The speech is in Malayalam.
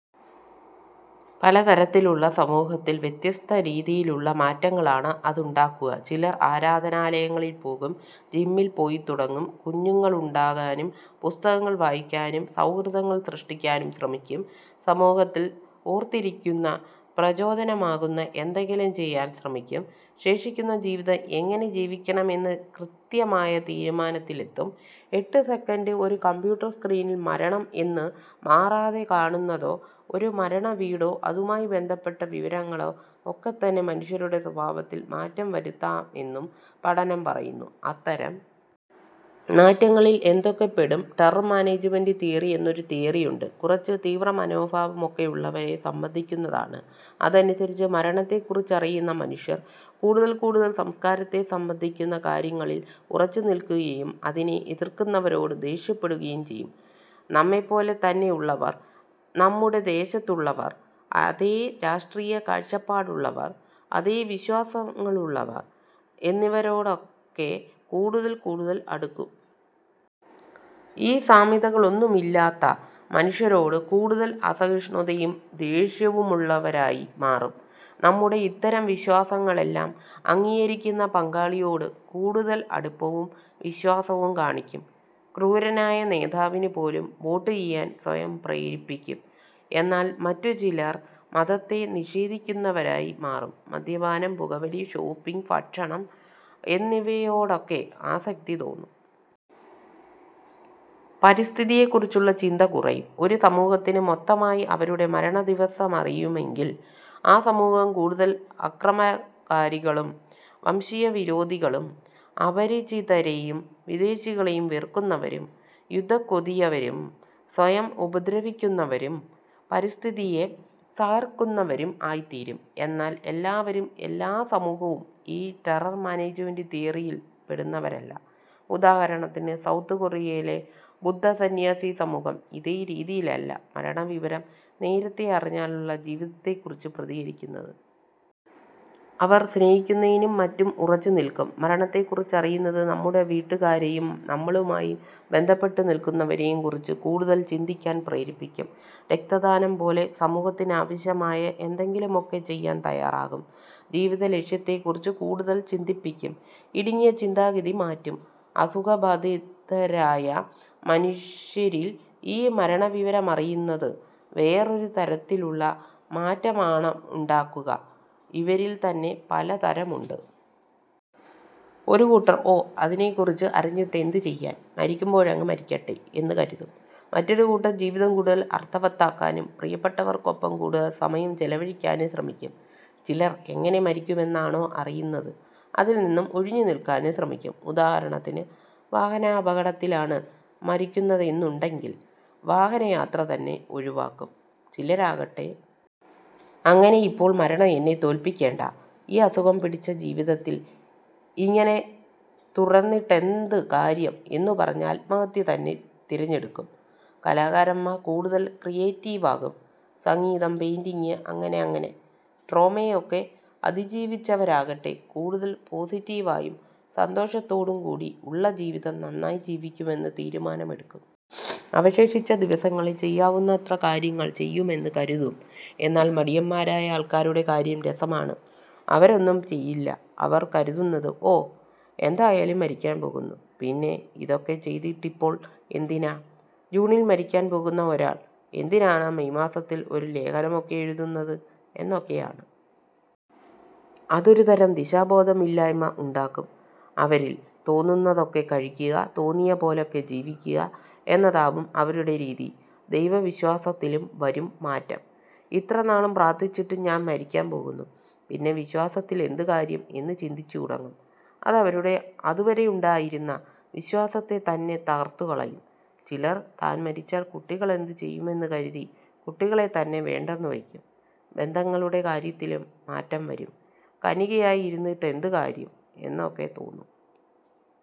പലതരത്തിലുള്ള സമൂഹത്തിൽ വ്യത്യസ്തരീതിയിലുള്ള മാറ്റങ്ങളാണ് അതുണ്ടാക്കുക. ചിലർ ആരാധനാലയങ്ങളിൽ പോകും, ജിമ്മിൽ പോയിത്തുടങ്ങും, കുഞ്ഞുങ്ങളുണ്ടാകാനും പുസ്തകങ്ങൾ വായിക്കാനും സൗഹൃദങ്ങൾ സൃഷ്ടിക്കാനും ശ്രമിക്കും. സമൂഹത്തിൽ ഓർത്തിരിക്കുന്ന, പ്രചോദനമാകുന്ന എന്തെങ്കിലും ചെയ്യാൻ ശ്രമിക്കും. ശേഷിക്കുന്ന ജീവിതം എങ്ങനെ ജീവിക്കണമെന്ന കൃത്യമായ തീരുമാനത്തിലെത്തും. എട്ട് സെക്കൻഡ് ഒരു കമ്പ്യൂട്ടർ സ്ക്രീനിൽ മരണം എന്ന് മാറാതെ കാണുന്നതോ, ഒരു മരണവീടോ അതുമായി ബന്ധപ്പെട്ട വിവരങ്ങളോ ഒക്കെത്തന്നെ മനുഷ്യരുടെ സ്വഭാവത്തിൽ മാറ്റം വരുത്താമെന്നും പഠനം പറയുന്നു. അത്തരം മാറ്റങ്ങളിൽ എന്തൊക്കെ പെടും. ടെറർ മാനേജ്മെന്റ് തിയറി എന്നൊരു തിയറിയുണ്ട്. കുറച്ച് തീവ്രമനോഭാവമൊക്കെയുള്ളവരെ സംബന്ധിക്കുന്നതാണ്. അതനുസരിച്ച് മരണത്തെക്കുറിച്ചറിയുന്ന മനുഷ്യർ കൂടുതൽ കൂടുതൽ സംസ്കാരത്തെ സംബന്ധിക്കുന്ന കാര്യങ്ങളിൽ ഉറച്ചുനിൽക്കുകയും അതിനെ എതിർക്കുന്നവരോട് ദേഷ്യപ്പെടുകയും ചെയ്യും. നമ്മെപ്പോലെത്തന്നെയുള്ളവർ, നമ്മുടെ ദേശത്തുള്ളവർ, അതേ രാഷ്ട്രീയ കാഴ്ചപ്പാടുള്ളവർ, അതേ വിശ്വാസങ്ങളുള്ളവർ എന്നിവരോടൊക്കെ കൂടുതൽ കൂടുതൽ അടുക്കും. ഈ സാമ്യതകളൊന്നുമില്ലാത്ത മനുഷ്യരോട് കൂടുതൽ അസഹിഷ്ണുതയും ദേഷ്യവുമുള്ളവരായി മാറും. നമ്മുടെ ഇത്തരം വിശ്വാസങ്ങളെല്ലാം അംഗീകരിക്കുന്ന പങ്കാളിയോട് കൂടുതൽ അടുപ്പവും വിശ്വാസവും കാണിക്കും. ക്രൂരനായ നേതാവിനു പോലും വോട്ട് ചെയ്യാൻ സ്വയം പ്രേരിപ്പിക്കും. എന്നാൽ മറ്റുചിലർ മതത്തെ നിഷേധിക്കുന്നവരായി മാറും. മദ്യപാനം, പുകവലി, ഷോപ്പിങ്, ഭക്ഷണം എന്നിവയോടൊക്കെ ആസക്തി തോന്നും. പരിസ്ഥിതിയെക്കുറിച്ചുള്ള ചിന്ത കുറയും. ഒരു സമൂഹത്തിന് മൊത്തമായി അവരുടെ മരണദിവസമറിയുമെങ്കിൽ ആ സമൂഹം കൂടുതൽ അക്രമകാരികളും വംശീയവിരോധികളും അപരിചിതരെയും വിദേശികളെയും വെറുക്കുന്നവരും യുദ്ധക്കൊതിയരും സ്വയം ഉപദ്രവിക്കുന്നവരും പരിസ്ഥിതിയെ തകർക്കുന്നവരും ആയിത്തീരും. എന്നാൽ എല്ലാവരും, എല്ലാ സമൂഹവും ഈ ടെറർ മാനേജ്മെന്റ് തിയറിയിൽ പെടുന്നവരല്ല. ഉദാഹരണത്തിന്, സൗത്ത് കൊറിയയിലെ ബുദ്ധ സന്യാസി സമൂഹം ഇതേ രീതിയിലല്ല മരണവിവരം നേരത്തെ അറിഞ്ഞാലുള്ള ജീവിതത്തെക്കുറിച്ച് പ്രതികരിക്കുന്നത്. അവർ സ്നേഹിക്കുന്നതിലും മറ്റും ഉറച്ചുനിൽക്കും. മരണത്തെക്കുറിച്ചറിയുന്നത് നമ്മുടെ വീട്ടുകാരെയും നമ്മളുമായി ബന്ധപ്പെട്ടുനിൽക്കുന്നവരെയും കുറിച്ച് കൂടുതൽ ചിന്തിക്കാൻ പ്രേരിപ്പിക്കും. രക്തദാനം പോലെ സമൂഹത്തിനാവശ്യമായ എന്തെങ്കിലുമൊക്കെ ചെയ്യാൻ തയ്യാറാകും. ജീവിതലക്ഷ്യത്തെക്കുറിച്ച് കൂടുതൽ ചിന്തിപ്പിക്കും. ഇടുങ്ങിയ ചിന്താഗതി മാറ്റും. അസുഖബാധിതരായ മനുഷ്യരിൽ ഈ മരണവിവരമറിയുന്നത് വേറൊരു തരത്തിലുള്ള മാറ്റമാണുണ്ടാക്കുക. ഇവരിൽ തന്നെ പലതരമുണ്ട്. ഒരു കൂട്ടർ ഓ, അതിനെക്കുറിച്ച് അറിഞ്ഞിട്ട് എന്ത് ചെയ്യാൻ, മരിക്കുമ്പോഴങ്ങ് മരിക്കട്ടെ എന്ന് കരുതും. മറ്റൊരു കൂട്ടർ ജീവിതം കൂടുതൽ അർഥവത്താക്കാനും പ്രിയപ്പെട്ടവർക്കൊപ്പം കൂടുതൽ സമയം ചെലവഴിക്കാനും ശ്രമിക്കും. ചിലർ എങ്ങനെ മരിക്കുമെന്നാണോ അറിയുന്നത്, അതിൽനിന്നും ഒഴിഞ്ഞുനിൽക്കാനും ശ്രമിക്കും. ഉദാഹരണത്തിന്, വാഹനാപകടത്തിലാണ് മരിക്കുന്നതെന്നുണ്ടെങ്കിൽ വാഹനയാത്ര തന്നെ ഒഴിവാക്കും. ചിലരാകട്ടെ, അങ്ങനെയിപ്പോൾ മരണം എന്നെ തോൽപ്പിക്കണ്ട. ഈ അസുഖം പിടിച്ച ജീവിതത്തിൽ ഇങ്ങനെ തുടർന്നിട്ടെന്ത് കാര്യം എന്ന് പറഞ്ഞ് ആത്മഹത്യ തന്നെ തിരഞ്ഞെടുക്കും. കലാകാരന്മാർ കൂടുതൽ ക്രിയേറ്റീവാകും. സംഗീതം, പെയിന്റിങ് അങ്ങനെ അങ്ങനെ. ട്രോമയെ ഒക്കെ അതിജീവിച്ചവരാകട്ടെ കൂടുതൽ പോസിറ്റീവായും സന്തോഷത്തോടും കൂടി ഉള്ള ജീവിതം നന്നായി ജീവിക്കുമെന്ന് തീരുമാനമെടുക്കും. അവശേഷിച്ച ദിവസങ്ങളിൽ ചെയ്യാവുന്നത്ര കാര്യങ്ങൾ ചെയ്യുമെന്ന് കരുതും. എന്നാൽ മടിയന്മാരായ ആൾക്കാരുടെ കാര്യം രസമാണ്. അവരൊന്നും ചെയ്യില്ല. അവർ കരുതുന്നത്, ഓഹ്, എന്തായാലും മരിക്കാൻ പോകുന്നു. പിന്നെ ഇതൊക്കെ ചെയ്തിട്ടിപ്പോൾ എന്തിനാ. ജൂണിൽ മരിക്കാൻ പോകുന്ന ഒരാൾ എന്തിനാണ് മേയ് മാസത്തിൽ ഒരു ലേഖനമൊക്കെ എഴുതുന്നത് എന്നൊക്കെയാണ്. അതൊരുതരം ദിശാബോധമില്ലായ്മ ഉണ്ടാക്കും അവരിൽ. തോന്നുന്നതൊക്കെ കഴിക്കുക, തോന്നിയപോലെയൊക്കെ ജീവിക്കുക എന്നതാവും അവരുടെ രീതി. ദൈവവിശ്വാസത്തിലും വരും മാറ്റം. ഇത്രനാളും പ്രാർഥിച്ചിട്ടും ഞാൻ മരിക്കാൻ പോകുന്നു. പിന്നെ വിശ്വാസത്തിലെന്ത് കാര്യം എന്ന് ചിന്തിച്ചുതുടങ്ങും. അതവരുടെ അതുവരെ ഉണ്ടായിരുന്ന വിശ്വാസത്തെത്തന്നെ തകർത്തുകളയും. ചിലർ താൻ മരിച്ചാൽ കുട്ടികളെന്ത് ചെയ്യുമെന്ന് കരുതി കുട്ടികളെ തന്നെ വേണ്ടെന്നുവയ്ക്കും. ബന്ധങ്ങളുടെ കാര്യത്തിലും മാറ്റം വരും. കന്യകയായി ഇരുന്നിട്ടെന്ത് കാര്യം എന്നൊക്കെ തോന്നും.